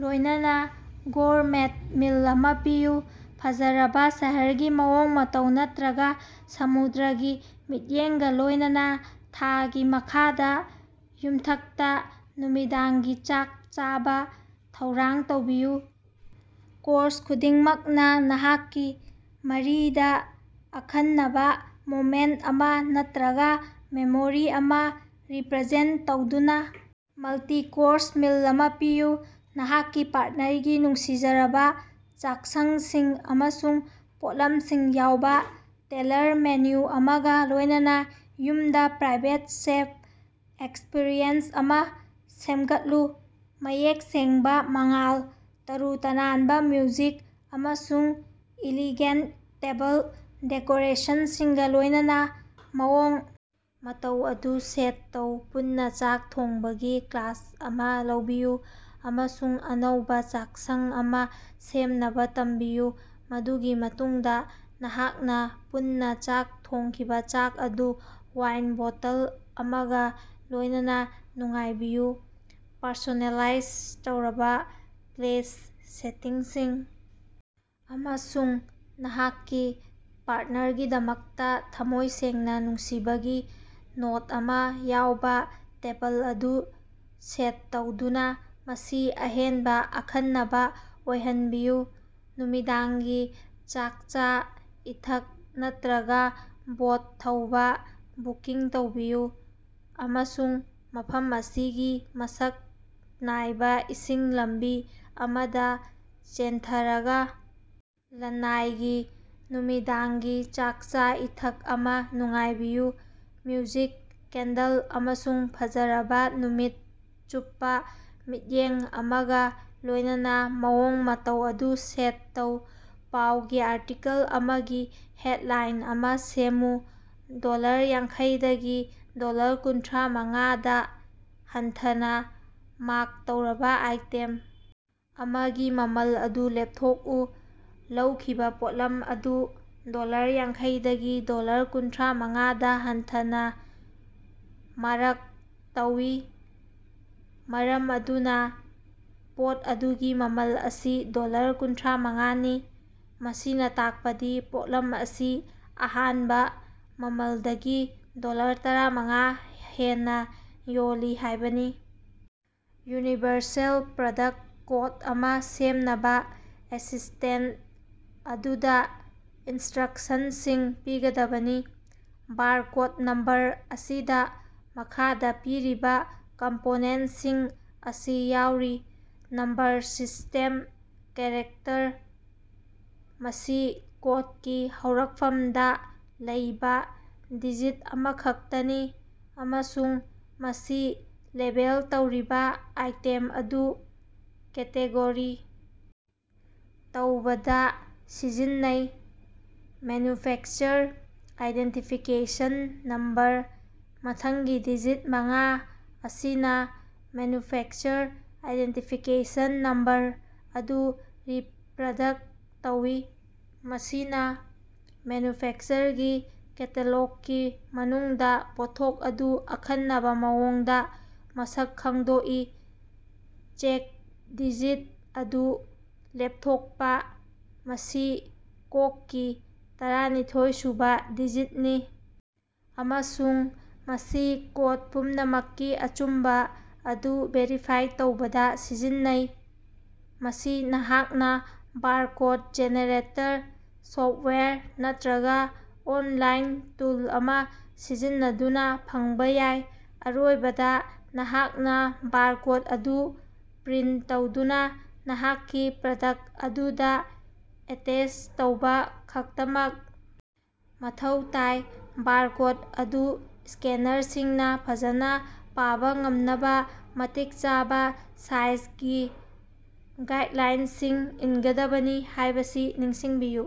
ꯂꯣꯏꯅꯅꯥ gourmet meal ꯑꯃꯥ ꯄꯤꯌꯨ꯫ ꯐꯖꯔꯕꯥ ꯁꯍꯔꯒꯤ ꯃꯑꯣꯡ ꯃꯇꯧ ꯅꯠꯇ꯭ꯔꯒꯥ ꯁꯃꯨꯗ꯭ꯔꯒꯤ ꯃꯤꯠꯌꯦꯡꯒꯥ ꯂꯣꯏꯅꯅꯥ ꯊꯥꯒꯤ ꯃꯈꯥꯗꯥ ꯌꯨꯝꯊꯛꯇꯥ ꯅꯨꯃꯤꯗꯥꯡꯒꯤ ꯆꯥꯛ ꯆꯥꯕꯥ ꯊꯧꯔꯥꯡ ꯇꯧꯕꯤꯌꯨ꯫ ꯀꯣꯔꯁ ꯈꯨꯗꯤꯡꯃꯛꯅꯥ ꯅꯍꯥꯛꯀꯤ ꯃꯔꯤꯗꯥ ꯑꯈꯟꯅꯕꯥ ꯃꯣꯃꯦꯟꯇ ꯑꯃꯥ ꯅꯠꯇꯔꯒꯥ ꯃꯦꯃꯣꯔꯤ ꯑꯃꯥ ꯔꯤꯄ꯭ꯔꯖꯦꯟꯇ ꯇꯧꯗꯨꯅꯥ ꯃꯜꯇꯤ-ꯀꯣꯔꯁ ꯃꯤꯜ ꯑꯃꯥ ꯄꯤꯌꯨ꯫ ꯅꯍꯥꯛꯀꯤ ꯄꯥꯔꯠꯅꯔꯒꯤ ꯅꯨꯡꯁꯤꯖꯔꯕꯥ ꯆꯥꯛꯁꯪꯁꯤꯡ ꯑꯃꯁꯨꯡ ꯄꯣꯠꯂꯝꯁꯤꯡ ꯌꯥꯎꯕꯥ ꯇꯦꯜꯂꯔ ꯃꯦꯅꯨ ꯑꯃꯒꯥ ꯂꯣꯏꯅꯅꯥ ꯌꯨꯝꯗꯥ ꯄ꯭ꯔꯥꯏꯕꯦꯠ ꯆꯦꯐ ꯑꯦꯛꯁꯄꯤꯔꯤꯑꯦꯟꯁ ꯑꯃꯥ ꯁꯦꯝꯒꯠꯂꯨ꯫ ꯃꯌꯦꯛ ꯁꯦꯡꯕꯥ ꯃꯉꯥꯜ, ꯇꯔꯨ ꯇꯅꯥꯟꯕꯥ ꯃ꯭ꯌꯨꯖꯤꯛ ꯑꯃꯁꯨꯡ ꯏꯂꯤꯒꯦꯟꯇ ꯇꯦꯕꯜ ꯗꯦꯀꯣꯔꯦꯁꯟꯁꯤꯡꯒꯥ ꯂꯣꯏꯅꯅꯥ ꯃꯑꯣꯡ ꯃꯇꯧ ꯑꯗꯨ ꯁꯦꯠ ꯇꯧ꯫ ꯄꯨꯟꯅꯥ ꯆꯥꯛ ꯊꯣꯡꯕꯒꯤ ꯀ꯭ꯂꯥꯁ ꯑꯃꯥ ꯂꯧꯕꯤꯌꯨ ꯑꯃꯁꯨꯡ ꯑꯅꯧꯕꯥ ꯆꯥꯛꯁꯪ ꯑꯃꯥ ꯁꯦꯝꯅꯕꯥ ꯇꯝꯕꯤꯌꯨ, ꯃꯗꯨꯒꯤ ꯃꯇꯨꯡꯗꯥ ꯅꯍꯥꯛꯅꯥ ꯄꯨꯟꯅꯥ ꯆꯥꯛ ꯊꯣꯡꯈꯤꯕꯥ ꯆꯥꯛ ꯑꯗꯨ ꯋꯥꯏꯟ ꯕꯣꯇꯜ ꯑꯃꯒꯥ ꯂꯣꯏꯅꯅꯥ ꯅꯨꯡꯉꯥꯏꯕꯤꯌꯨ꯫ ꯄꯔꯁꯣꯅꯦꯂꯥꯏꯖ ꯇꯧꯔꯕꯥ ꯄ꯭ꯂꯦꯁ ꯁꯦꯇꯤꯡꯁꯤꯡ ꯑꯃꯁꯨꯡ ꯅꯍꯥꯛꯀꯤ ꯄꯥꯔꯠꯅꯔꯒꯤꯗꯃꯛꯇꯥ ꯊꯝꯃꯣꯏ ꯁꯦꯡꯅꯥ ꯅꯨꯡꯁꯤꯕꯒꯤ ꯅꯣꯠ ꯑꯃꯥ ꯌꯥꯎꯕꯥ ꯇꯦꯕꯜ ꯑꯗꯨ ꯁꯦꯠ ꯇꯧꯗꯨꯅꯥ ꯃꯁꯤ ꯑꯍꯦꯟꯕꯥ ꯑꯈꯟꯅꯕꯥ ꯑꯣꯏꯍꯟꯕꯤꯌꯨ꯫ ꯅꯨꯃꯤꯗꯥꯡꯒꯤ ꯆꯥꯛꯆꯥ-ꯏꯊꯛ ꯅꯠꯇ꯭ꯔꯒꯥ ꯕꯣꯠ ꯊꯧꯕꯥ ꯕꯨꯀꯤꯡ ꯇꯧꯕꯤꯌꯨ ꯑꯃꯁꯨꯡ ꯃꯐꯝ ꯑꯁꯤꯒꯤ ꯃꯁꯛ ꯅꯥꯏꯕꯥ ꯏꯁꯤꯡ ꯂꯝꯕꯤ ꯑꯃꯗꯥ ꯆꯦꯟꯊꯔꯒꯥ ꯂꯅꯥꯏꯒꯤ ꯅꯨꯃꯤꯗꯥꯡꯒꯤ ꯆꯥꯛꯆꯥ-ꯏꯊꯛ ꯑꯃꯥ ꯅꯨꯡꯉꯥꯏꯕꯤꯌꯨ꯫ ꯃ꯭ꯌꯨꯖꯤꯛ, ꯀꯦꯟꯗꯜ ꯑꯃꯁꯨꯡ ꯐꯖꯔꯕꯥ ꯅꯨꯃꯤꯠ ꯆꯨꯞꯄꯥ ꯃꯤꯠꯌꯦꯡ ꯑꯃꯒꯥ ꯂꯣꯏꯅꯅꯥ ꯃꯑꯣꯡ ꯃꯇꯧ ꯑꯗꯨ ꯁꯦꯠ ꯇꯧ꯫ ꯄꯥꯎꯒꯤ ꯑꯥꯔꯇꯤꯀꯜ ꯑꯃꯒꯤ ꯍꯦꯠꯂꯥꯏꯟ ꯑꯃꯥ ꯁꯦꯝꯃꯨ꯫ ꯗꯣꯂꯔ ꯌꯥꯡꯈꯩꯗꯒꯤ ꯗꯣꯂꯔ ꯀꯨꯟꯊ꯭ꯔꯥꯃꯉꯥꯗꯥ ꯍꯟꯊꯅꯥ ꯃꯥꯛ ꯇꯧꯔꯕꯥ ꯑꯥꯏꯇꯦꯝ ꯑꯃꯒꯤ ꯃꯃꯜ ꯑꯗꯨ ꯂꯦꯞꯊꯣꯛꯎ꯫ ꯂꯧꯈꯤꯕꯥ ꯄꯣꯠꯂꯝ ꯑꯗꯨ ꯗꯣꯂꯔ ꯌꯥꯡꯈꯩꯗꯒꯤ ꯗꯣꯂꯔ ꯀꯨꯟꯊ꯭ꯔꯥꯃꯉꯥꯗꯥ ꯍꯟꯊꯅꯥ ꯃꯥꯔꯛ ꯇꯧꯏ, ꯃꯔꯝ ꯑꯗꯨꯅꯥ ꯄꯣꯠ ꯑꯗꯨꯒꯤ ꯃꯃꯜ ꯑꯁꯤ ꯗꯣꯂꯔ ꯀꯨꯟꯊ꯭ꯔꯥꯃꯉꯥꯅꯤ꯫ ꯃꯁꯤꯅꯥ ꯇꯥꯛꯄꯗꯤ ꯄꯣꯠꯂꯝ ꯑꯁꯤ ꯑꯍꯥꯟꯕꯥ ꯃꯃꯜꯗꯒꯤ ꯗꯣꯂꯔ ꯇꯔꯥꯃꯉꯥ ꯍꯦꯟꯅꯥ ꯌꯣꯜꯂꯤ ꯍꯥꯏꯕꯅꯤ꯫ ꯌꯨꯅꯤꯚꯔꯁꯦꯜ ꯄ꯭ꯔꯗꯛꯇ ꯀꯣꯠ ꯑꯃꯥ ꯁꯦꯝꯅꯕꯥ ꯑꯦꯁꯤꯁꯇꯦꯟꯇ ꯑꯗꯨꯗꯥ ꯏꯟꯁꯇ꯭ꯔꯛꯁꯟꯁꯤꯡ ꯄꯤꯒꯗꯕꯅꯤ꯫ ꯕꯥꯔꯀꯣꯠ ꯅꯝꯕꯔ ꯑꯁꯤꯗ ꯃꯈꯥꯗꯥ ꯄꯤꯔꯤꯕꯥ ꯀꯝꯄꯣꯅꯦꯟꯁꯤꯡ ꯑꯁꯤ ꯌꯥꯎꯔꯤ꯫ ꯅꯝꯕꯔ ꯁꯤꯁ꯭ꯇꯦꯝ ꯀꯦꯔꯦꯛꯇꯔ: ꯃꯁꯤ ꯀꯣꯠꯀꯤ ꯍꯧꯔꯛꯐꯝꯗꯥ ꯂꯩꯕꯥ ꯗꯤꯖꯤꯠ ꯑꯃꯈꯛꯇꯅꯤ ꯑꯃꯁꯨꯡ ꯃꯁꯤ ꯂꯦꯕꯦꯜ ꯇꯧꯔꯤꯕꯥ ꯑꯥꯏꯇꯦꯝ ꯑꯗꯨ ꯀꯦꯇꯦꯒꯣꯔꯤ ꯇꯧꯕꯗꯥ ꯁꯤꯖꯤꯟꯅꯩ꯫ ꯃꯦꯟꯅꯨꯐꯦꯛꯆꯔ ꯑꯥꯏꯗꯦꯟꯇꯤꯐꯤꯀꯦꯁꯟ ꯅꯝꯕꯔ: ꯃꯊꯪꯒꯤ ꯗꯤꯖꯤꯠ ꯃꯉꯥ ꯑꯁꯤꯅꯥ ꯃꯦꯟꯅꯨꯐꯦꯛꯆꯔ ꯑꯥꯏꯗꯦꯟꯇꯤꯐꯤꯀꯦꯁꯟ ꯅꯝꯕꯔ ꯑꯗꯨ ꯔꯤꯄ꯭ꯔꯗꯛ ꯇꯧꯏ꯫ ꯃꯁꯤꯅꯥ ꯃꯦꯟꯅꯨꯐꯦꯛꯆꯔꯒꯤ ꯀꯦꯇꯥꯂꯣꯛꯀꯤ ꯃꯅꯨꯡꯗꯥ ꯄꯣꯠꯊꯣꯛ ꯑꯗꯨ ꯑꯈꯟꯅꯕꯥ ꯃꯑꯣꯡꯗꯥ ꯃꯁꯛ ꯈꯪꯗꯣꯛꯏ꯫ ꯆꯦꯛ ꯗꯤꯖꯤꯠ ꯑꯗꯨ ꯂꯦꯞꯊꯣꯛꯄꯥ: ꯃꯁꯤ ꯀꯣꯛꯀꯤ ꯇꯔꯥꯅꯤꯊꯣꯏꯁꯨꯕꯥ ꯗꯤꯖꯤꯠꯅꯤ ꯑꯃꯁꯨꯡ ꯃꯁꯤ ꯀꯣꯠ ꯄꯨꯝꯅꯃꯛꯀꯤ ꯑꯆꯨꯝꯕꯥ ꯑꯗꯨ ꯚꯦꯔꯤꯐꯥꯏ ꯇꯧꯕꯗꯥ ꯁꯤꯖꯤꯟꯅꯩ꯫ ꯃꯁꯤ ꯅꯍꯥꯛꯅꯥ ꯕꯥꯔꯀꯣꯠ ꯖꯦꯅꯦꯔꯦꯇꯔ ꯁꯣꯞꯋꯥꯌꯔ ꯅꯠꯇ꯭ꯔꯒꯥ ꯑꯣꯟꯂꯥꯏꯟ ꯇꯨꯜ ꯑꯃꯥ ꯁꯤꯖꯤꯟꯅꯗꯨꯅꯥ ꯐꯪꯕꯥ ꯌꯥꯏ꯫ ꯑꯔꯣꯏꯕꯗꯥ, ꯅꯍꯥꯛꯅꯥ ꯕꯥꯔꯀꯣꯠ ꯑꯗꯨ ꯄ꯭ꯔꯤꯟ ꯇꯧꯗꯨꯅꯥ ꯅꯍꯥꯛꯀꯤ ꯄ꯭ꯔꯗꯛ ꯑꯗꯨꯗꯥ ꯑꯦꯇꯦꯁ ꯇꯧꯕꯥ ꯈꯛꯇꯃꯛ ꯃꯊꯧ ꯇꯥꯏ꯫ ꯕꯥꯔꯀꯣꯠ ꯑꯗꯨ ꯁ꯭ꯀꯦꯅꯔꯁꯤꯡꯅꯥ ꯐꯖꯅꯥ ꯄꯥꯕꯥ ꯉꯝꯅꯕꯥ ꯃꯇꯤꯛ ꯆꯥꯕꯥ ꯁꯥꯏꯖꯒꯤ ꯒꯥꯏꯠꯂꯥꯏꯟꯁꯤꯡ ꯏꯟꯒꯗꯕꯅꯤ ꯍꯥꯏꯕꯁꯤ ꯅꯤꯡꯁꯤꯡꯕꯤꯌꯨ꯫